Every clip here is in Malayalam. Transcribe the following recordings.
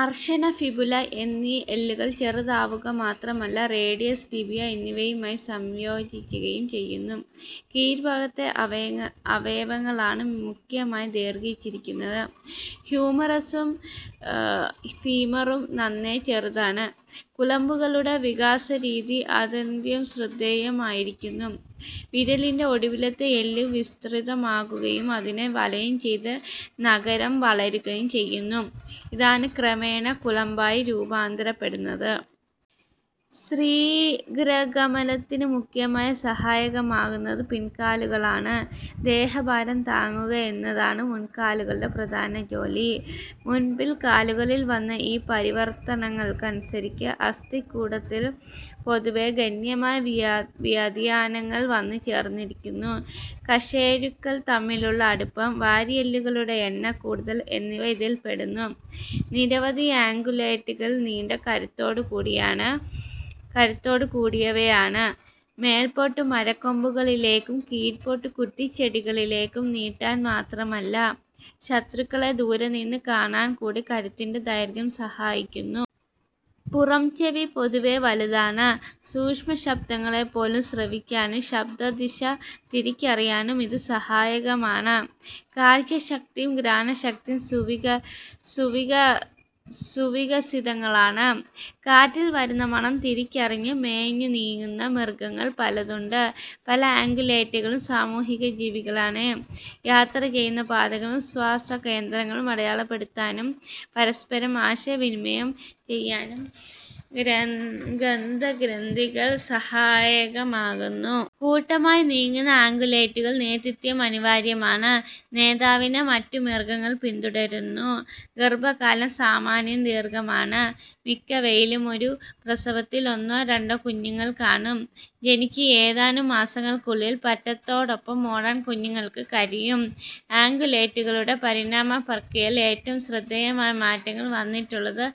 അൾന, ഫിബുല എന്നീ എല്ലുകൾ ചെറുതാവുകമാത്രമല്ല, റേഡിയസ്, ടിബിയ എന്നിവയുമായി സംയോജിക്കുകയും ചെയ്യുന്നു. കീഴ്ഭാഗത്തെ അവയവങ്ങളാണ് മുഖ്യമായി ദീർഘിച്ചിരിക്കുന്നത്. ഹ്യൂമറസും ഫീമറും നന്നേ ചെറുതാണ്. കുളമ്പുകളുടെ വികാസരീതി അത്യന്തം ശ്രദ്ധേയമായിരിക്കുന്നു. വിരലിന്റെ ഒടുവിലത്തെ എല്ല് വിസ്തൃതമാകുകയും അതിനെ വലയംചെയ്ത് നഖരം വളരുകയും ചെയ്യുന്നു. ഇതാണ് ക്രമേണ കുളമ്പായി രൂപാന്തരപ്പെടുന്നത്. ശീഘ്രഗമനത്തിന് മുഖ്യമായി സഹായകമാകുന്നത് പിൻകാലുകളാണ്. ദേഹഭാരം താങ്ങുകയെന്നതാണ് മുൻകാലുകളുടെ പ്രധാനജോലി. മുൻ-പിൻ കാലുകളിൽ വന്ന ഈ പരിവർത്തനങ്ങൾക്കനുസരിച്ച് അസ്ഥികൂടത്തിൽ പൊതുവേ ഗണ്യമായ വ്യതിയാനങ്ങൾ വന്നുചേർന്നിരിക്കുന്നു. കശേരുക്കൾ തമ്മിലുള്ള അടുപ്പം, വാരിയെല്ലുകളുടെ എണ്ണക്കൂടുതൽ എന്നിവ ഇതിൽപ്പെടുന്നു. നിരവധി അംഗുലേറ്റകൾ നീണ്ട കഴുത്തോടുകൂടിയവയാണ്. മേല്പോട്ട് മരക്കൊമ്പുകളിലേക്കും കീഴ്പോട്ട് കുറ്റിച്ചെടികളിലേക്കും നീട്ടാൻ മാത്രമല്ല, ശത്രുക്കളെ ദൂരെനിന്ന് കാണാൻകൂടി കഴുത്തിന്റെ ദൈർഘ്യം സഹായിക്കുന്നു. പുറംചെവി പൊതുവേ വലുതാണ്. സൂക്ഷ്മശബ്ദങ്ങളെപ്പോലും ശ്രവിക്കാനും ശബ്ദദിശ തിരിച്ചറിയാനും ഇതു സഹായകമാണ്. കാഴ്ചശക്തിയും ഘ്രാണശക്തിയും സുവികസിതങ്ങളാണ്. കാറ്റിൽ വരുന്ന മണം തിരിച്ചറിഞ്ഞ് മേഞ്ഞുനീങ്ങുന്ന മൃഗങ്ങൾ പലതുണ്ട്. പല അംഗുലേറ്റകളും സാമൂഹികജീവികളാണ്. യാത്ര ചെയ്യുന്ന പാതകളും സ്വവാസകേന്ദ്രങ്ങളും അടയാളപ്പെടുത്താനും പരസ്പരം ആശയവിനിമയം ചെയ്യാനും ഗന്ധ ഗ്രന്ഥികൾ സഹായകമാകുന്നു. കൂട്ടമായി നീങ്ങുന്ന അംഗുലേറ്റകൾക്ക് നേതൃത്വം അനിവാര്യമാണ്. നേതാവിനെ മറ്റു മൃഗങ്ങൾ പിന്തുടരുന്നു. ഗർഭകാലം സാമാന്യം ദീർഘമാണ്. മിക്കവയിലും ഒരു പ്രസവത്തിൽ ഒന്നോ രണ്ടോ കുഞ്ഞുങ്ങൾ കാണും. ജനിച്ച് ഏതാനും മാസങ്ങൾക്കുള്ളിൽ പറ്റത്തോടൊപ്പം ഓടാൻ കുഞ്ഞുങ്ങൾക്കു കഴിയും. അംഗുലേറ്റകളുടെ പരിണാമ പ്രക്രിയയിൽ ഏറ്റവും ശ്രദ്ധേയമായ മാറ്റങ്ങൾ വന്നിട്ടുള്ളത്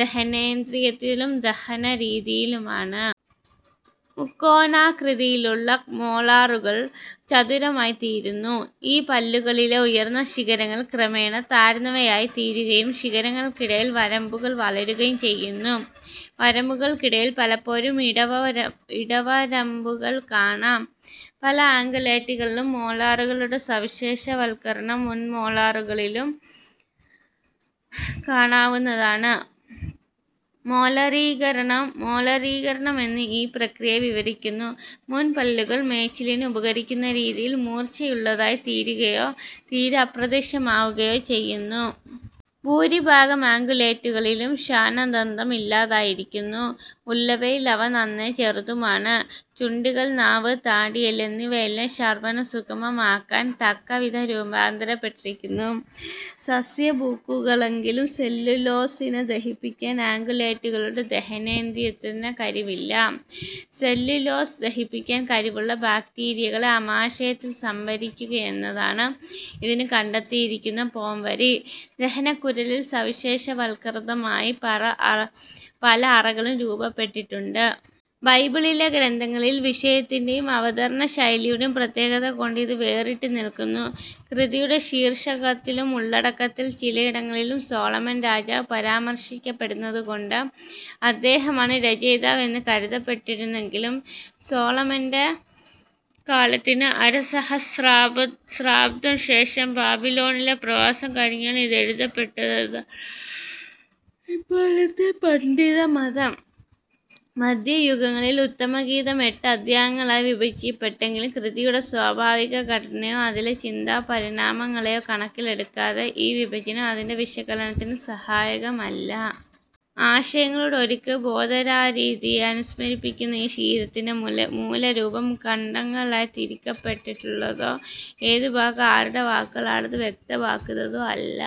ദഹനേന്ദ്രിയത്തിലും ദഹനരീതിയിലുമാണ്. മുക്കോണാകൃതിയിലുള്ള മോളാറുകൾ ചതുരമായിത്തീരുന്നു. ഈ പല്ലുകളിലെ ഉയർന്ന ശിഖരങ്ങൾ ക്രമേണ താഴ്ന്നവയായിത്തീരുകയും ശിഖരങ്ങൾക്കിടയിൽ വരമ്പുകൾ വളരുകയും ചെയ്യുന്നു. വരമ്പുകൾക്കിടയിൽ പലപ്പോഴും ഇടവരമ്പുകളും കാണാം. പല അംഗുലേറ്റകളിലും മോളാറുകളുടെ സവിശേഷവത്കരണം മുൻമോളാറുകളിലും കാണാവുന്നതാണ്. മോളറീകരണം എന്ന് ഈ പ്രക്രിയയെ വിവരിക്കുന്നു. മുൻപല്ലുകൾ മേച്ചിലിന് ഉപകരിക്കുന്നരീതിയിൽ മൂർച്ചയുള്ളതായിത്തീരുകയോ തീരെ അപ്രത്യക്ഷമാകുകയോ ചെയ്യുന്നു. ഭൂരിഭാഗം അംഗുലേറ്റകളിലും ശ്വാനദന്തം ഇല്ലാതായിരിക്കുന്നു; ഉള്ളവയിൽ അവ നന്നേ ചെറുതുമാണ്. ചുണ്ടുകൾ, നാവ്, താടിയെല്ല് എന്നിവയെല്ലാം ചർവണം സുഗമമാക്കാൻ തക്കവിധം രൂപാന്തരപ്പെട്ടിരിക്കുന്നു. സസ്യഭുക്കുകളെങ്കിലും സെല്ലുലോസിനെ ദഹിപ്പിക്കാൻ അംഗുലേറ്റകളുടെ ദഹനേന്ദ്രിയത്തിനു കഴിവില്ല. സെല്ലുലോസ് ദഹിപ്പിക്കാൻ കഴിവുള്ള ബാക്റ്റീരിയകളെ ആമാശയത്തിൽ സംഭരിക്കുകയെന്നതാണ് ഇതിനു കണ്ടെത്തിയിരിക്കുന്ന പോംവഴി. ദഹനക്കുഴലിൽ സവിശേഷവത്കൃതമായ പല അറകളും രൂപപ്പെട്ടിട്ടുണ്ട്. ബൈബിളിലെ ഗ്രന്ഥങ്ങളിൽ വിഷയത്തിന്റേയും അവതരണശൈലിയുടേയും പ്രത്യേകത കൊണ്ട് ഇത് വേറിട്ട് നിൽക്കുന്നു. കൃതിയുടെ ശീർഷകത്തിലും ഉള്ളടക്കത്തിൽ ചിലയിടങ്ങളിലും സോളമൻ രാജാവ് പരാമർശിക്കപ്പെടുന്നതുകൊണ്ട്, അദ്ദേഹമാണ് രചയിതാവ് എന്ന് കരുതപ്പെട്ടിരുന്നെങ്കിലും, സോളമന്റെ കാലത്തിന് അരസഹസ്രാബ്ദം ശേഷം ബാബിലോണിലെ പ്രവാസം കഴിഞ്ഞാണ് ഇതെഴുതപ്പെട്ടതെന്നാണ് ഇപ്പോഴത്തെ പണ്ഡിതമതം. മദ്ധ്യയുഗങ്ങളിൽ, ഉത്തമഗീതം എട്ട് അദ്ധ്യായങ്ങളായി വിഭജിക്കപ്പെട്ടെങ്കിലും കൃതിയുടെ സ്വാഭാവിക ഘടനയേയോ അതിലെ ചിന്താപരിണാമങ്ങളേയോ കണക്കിലെടുക്കാത്ത ഈ വിഭജനം അതിന്റെ വിശകലനത്തിന് സഹായകമല്ല. ആശയങ്ങളുടെ ഒഴുക്ക് ബോധധാരാരീതിയെ അനുസ്മരിപ്പിക്കുന്ന ഈ ഗീതത്തിന്റെ മൂലരൂപം ഖണ്ഡങ്ങളായി തിരിക്കപ്പെട്ടിട്ടുള്ളതോ, ഏതുഭാഗം ആരുടെ വാക്കുകളാണെന്ന് വ്യക്തമാക്കുന്നതോ അല്ല.